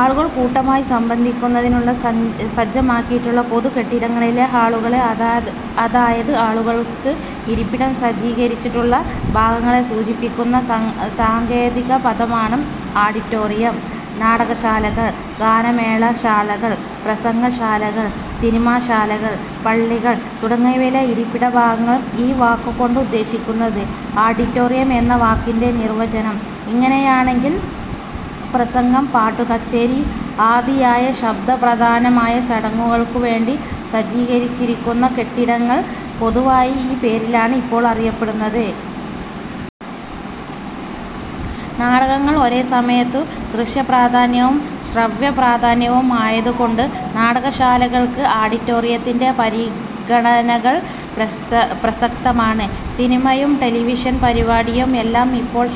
ആളുകൾ കൂട്ടമായി സംബന്ധിക്കുന്നതിനു സജ്ജമാക്കിയിട്ടുള്ള പൊതു കെട്ടിടങ്ങളിലെ ഹാളുകളെ അതായത് ആളുകൾക്ക് ഇരിപ്പിടം സജ്ജീകരിച്ചിട്ടുള്ള ഭാഗത്തെ സൂചിപ്പിക്കുന്ന സാങ്കേതികപദമാണ് ആഡിറ്റോറിയം. നാടകശാലകൾ, ഗാനമേളാശാലകൾ, പ്രസംഗശാലകൾ, സിനിമാശാലകൾ, പള്ളികൾ തുടങ്ങിയവയിലെ ഇരിപ്പിടഭാഗമാണ് ഈ വാക്കുകൊണ്ട് ഉദ്ദേശിക്കുന്നത്. ആഡിറ്റോറിയം എന്ന വാക്കിന്റെ നിർവചനം ഇങ്ങനെയാണെങ്കിലും, പ്രസംഗം, പാട്ടുകച്ചേരി ആദിയായ ശബ്ദപ്രധാനമായ ചടങ്ങുകൾക്കു വേണ്ടി സജ്ജീകരിച്ചിരിക്കുന്ന കെട്ടിടങ്ങൾ പൊതുവായി ഈ പേരിലാണ് ഇപ്പോൾ അറിയപ്പെടുന്നത്. നാടകങ്ങൾ ഒരേ സമയത്തു ദൃശ്യപ്രധാനവും ശ്രവ്യപ്രധാനവും ആയതുകൊണ്ട് നാടകശാലകൾക്ക് ആഡിറ്റോറിയത്തിന്റെ പരിഗണനകൾ പ്രസക്തമാണ്. സിനിമയും ടെലിവിഷൻ പരിപാടികളും എല്ലാം ഇപ്പോൾ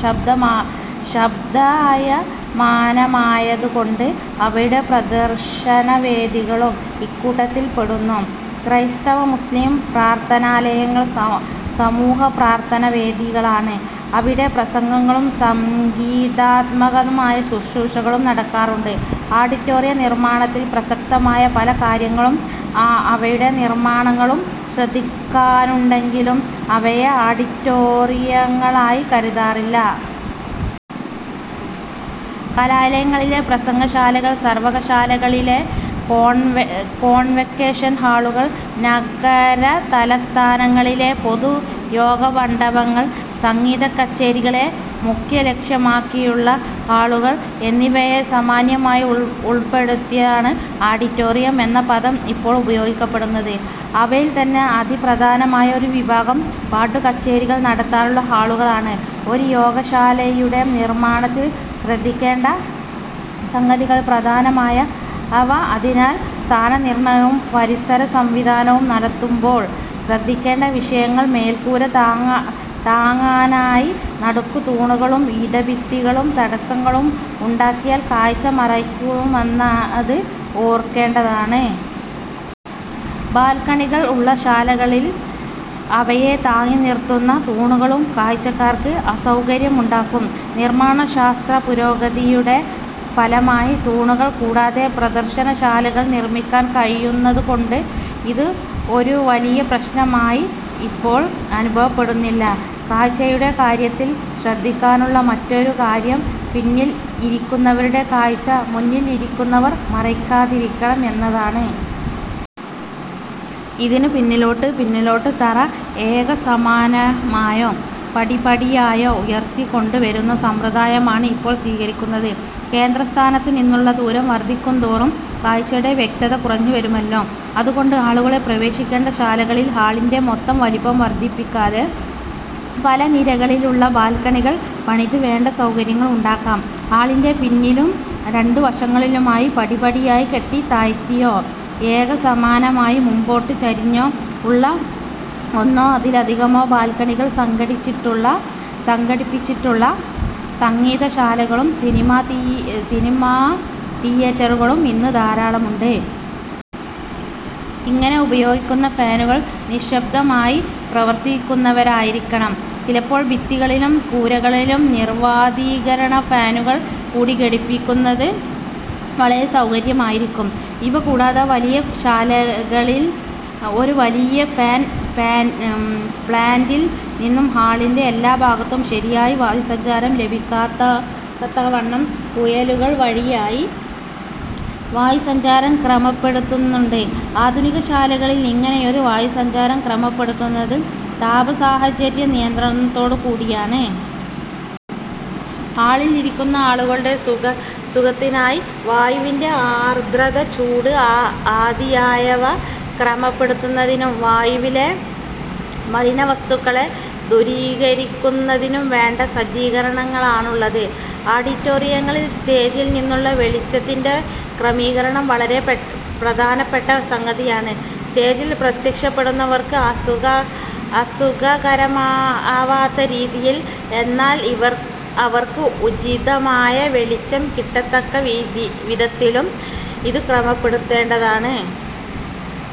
ശബ്ദായമാനമായതുകൊണ്ട് അവയുടെ പ്രദർശനവേദികളും ഇക്കൂട്ടത്തിൽപ്പെടുന്നു. ക്രൈസ്തവ-മുസ്ലിം പ്രാർഥനാലയങ്ങൾ സമൂഹപ്രാർഥനാവേദികളാണ്. അവിടെ പ്രസംഗങ്ങളും സംഗീതാത്മകമായ ശുശ്രൂഷകളും നടക്കാറുണ്ട്. ആഡിറ്റോറിയനിർമ്മാണത്തിൽ പ്രസക്തമായ പല കാര്യങ്ങളും അവയുടെ നിർമ്മാണത്തിലും ശ്രദ്ധിക്കാനുണ്ടെങ്കിലും അവയെ ആഡിറ്റോറിയങ്ങളായി കരുതാറില്ല. കലാലയങ്ങളിലെ പ്രസംഗശാലകൾ, സർവകലാശാലകളിലെ കോൺവൊക്കേഷൻ ഹാളുകൾ, നഗരതലസ്ഥാനങ്ങളിലെ പൊതുയോഗമണ്ഡപങ്ങൾ, സംഗീതക്കച്ചേരികളെ മുഖ്യലക്ഷ്യമാക്കിയുള്ള ഹാളുകൾ എന്നിവയെ സാമാന്യമായി ഉൾപ്പെടുത്തിയാണ് ആഡിറ്റോറിയം എന്ന പദം ഇപ്പോൾ ഉപയോഗിക്കപ്പെടുന്നത്. അവയിൽത്തന്നെ അതിപ്രധാനമായ ഒരു വിഭാഗം പാട്ടുകച്ചേരികൾ നടത്താനുള്ള ഹാളുകളാണ്. ഒരു യോഗശാലയുടെ നിർമ്മാണത്തിൽ ശ്രദ്ധിക്കേണ്ട പല സംഗതികളിൽ പ്രധാനമായവ, അതിനാൽ സ്ഥാനനിർണയവും പരിസരസംവിധാനവും നടത്തുമ്പോൾ ശ്രദ്ധിക്കേണ്ട വിഷയങ്ങൾ മേൽക്കൂര താങ്ങാനായി നടുക്ക് തൂണുകളും ഇടഭിത്തികളും തടസ്സങ്ങളും ഉണ്ടാക്കിയാൽ കാഴ്ച മറയ്ക്കുമെന്നത് ഓർക്കേണ്ടതാണ്. ബാൽക്കണികൾ ഉള്ള ശാലകളിൽ അവയെ താങ്ങിനിർത്തുന്ന തൂണുകളും കാഴ്ചക്കാർക്ക് അസൌകര്യം ഉണ്ടാക്കും. നിർമ്മാണശാസ്ത്രപുരോഗതിയുടെ ഫലമായി തൂണുകൾ കൂടാതെ പ്രദർശനശാലകൾ നിർമ്മിക്കാൻ കഴിയുന്നതുകൊണ്ട് ഇത് ഒരു വലിയ പ്രശ്നമായി ഇപ്പോൾ അനുഭവപ്പെടുന്നില്ല. കാഴ്ചയുടെ കാര്യത്തിൽ ശ്രദ്ധിക്കാനുള്ള മറ്റൊരു കാര്യം പിന്നിൽ ഇരിക്കുന്നവരുടെ കാഴ്ച മുന്നിൽ ഇരിക്കുന്നവർ മറയ്ക്കാതിരിക്കണം എന്നതാണ്. ഇതിനു പിന്നിലോട്ട് പിന്നിലോട്ട് തറ ഏകസമാനമായോ പടിപടിയായോ ഉയർത്തിക്കൊണ്ടു വരുന്ന സമ്പ്രദായമാണ് ഇപ്പോൾ സ്വീകരിക്കുന്നത്. കേന്ദ്രസ്ഥാനത്തുനിന്നുള്ള ദൂരം വർധിക്കുന്തോറും കാഴ്ചയുടെ വ്യക്തത കുറഞ്ഞുവരുമല്ലോ. അതുകൊണ്ട് ആളുകളെ പ്രവേശിപ്പിക്കേണ്ട ശാലകളിൽ ഹാളിന്റെ മൊത്തം വലിപ്പം വർധിപ്പിക്കാതെ, പല നിരകളിലുള്ള ബാൽക്കണികൾ പണിത് വേണ്ട സൌകര്യങ്ങൾ ഉണ്ടാക്കാം. ഹാളിന്റെ പിന്നിലും രണ്ടു വശങ്ങളിലുമായി പടിപടിയായി കെട്ടി താഴ്ത്തിയോ, ഏകസമാനമായി മുമ്പോട്ട് ചരിഞ്ഞോ ഉള്ള ഒന്നോ അതിലധികമോ ബാൽക്കണികൾ സംഘടിപ്പിച്ചിട്ടുള്ള സംഗീതശാലകളും സിനിമാതിയെറ്ററുകളും ഇന്നു ധാരാളമുണ്ട്. ഇങ്ങനെ ഉപയോഗിക്കുന്ന ഫാനുകൾ നിശ്ശബ്ദമായി പ്രവർത്തിക്കുന്നവയായിരിക്കണം. ചിലപ്പോൾ ഭിത്തികളിലും കൂരകളിലും നിർവാതീകരണഫാനുകൾ കൂടി ഘടിപ്പിക്കുന്നത് വളരെ സൗകര്യമായിരിക്കും. ഇവ കൂടാതെ വലിയ ശാലകളിൽ ഒരു വലിയ ഫാൻ പ്ലാന്റിൽ നിന്നും ഹാളിന്റെ എല്ലാഭാഗത്തും ശരിയായി വായുസഞ്ചാരം ലഭിക്കത്തക്കവണ്ണം കുഴലുകൾവഴിയായി വായുസഞ്ചാരം ക്രമപ്പെടുത്തുന്നുണ്ട്. ആധുനികശാലകളിൽ ഇങ്ങനെയുള്ള വായുസഞ്ചാരം ക്രമപ്പെടുത്തുന്നത് താപസാഹചര്യനിയന്ത്രണത്തോടുകൂടിയാണ്. ഹാളിൽ ഇരിക്കുന്ന ആളുകളുടെ സുഖത്തിനായി വായുവിന്റെ ആർദ്രത, ചൂട് ആദിയായവ ക്രമപ്പെടുത്തുന്നതിനും വായുവിലെ മലിനവസ്തുക്കളെ ദൂരീകരിക്കുന്നതിനും വേണ്ട സജ്ജീകരണങ്ങളാണുള്ളത്. ആഡിറ്റോറിയങ്ങളിൽ സ്റ്റേജിൽ നിന്നുള്ള വെളിച്ചത്തിന്റെ ക്രമീകരണം വളരെ പ്രധാനപ്പെട്ട സംഗതിയാണ്. സ്റ്റേജിൽ പ്രത്യക്ഷപ്പെടുന്നവർക്ക് അസുഖകരമാവാത്ത രീതിയിലും, എന്നാൽ അവർക്ക് ഉചിതമായ വെളിച്ചം കിട്ടത്തക്ക വിധത്തിലും ഇതു ക്രമപ്പെടുത്തേണ്ടതാണ്.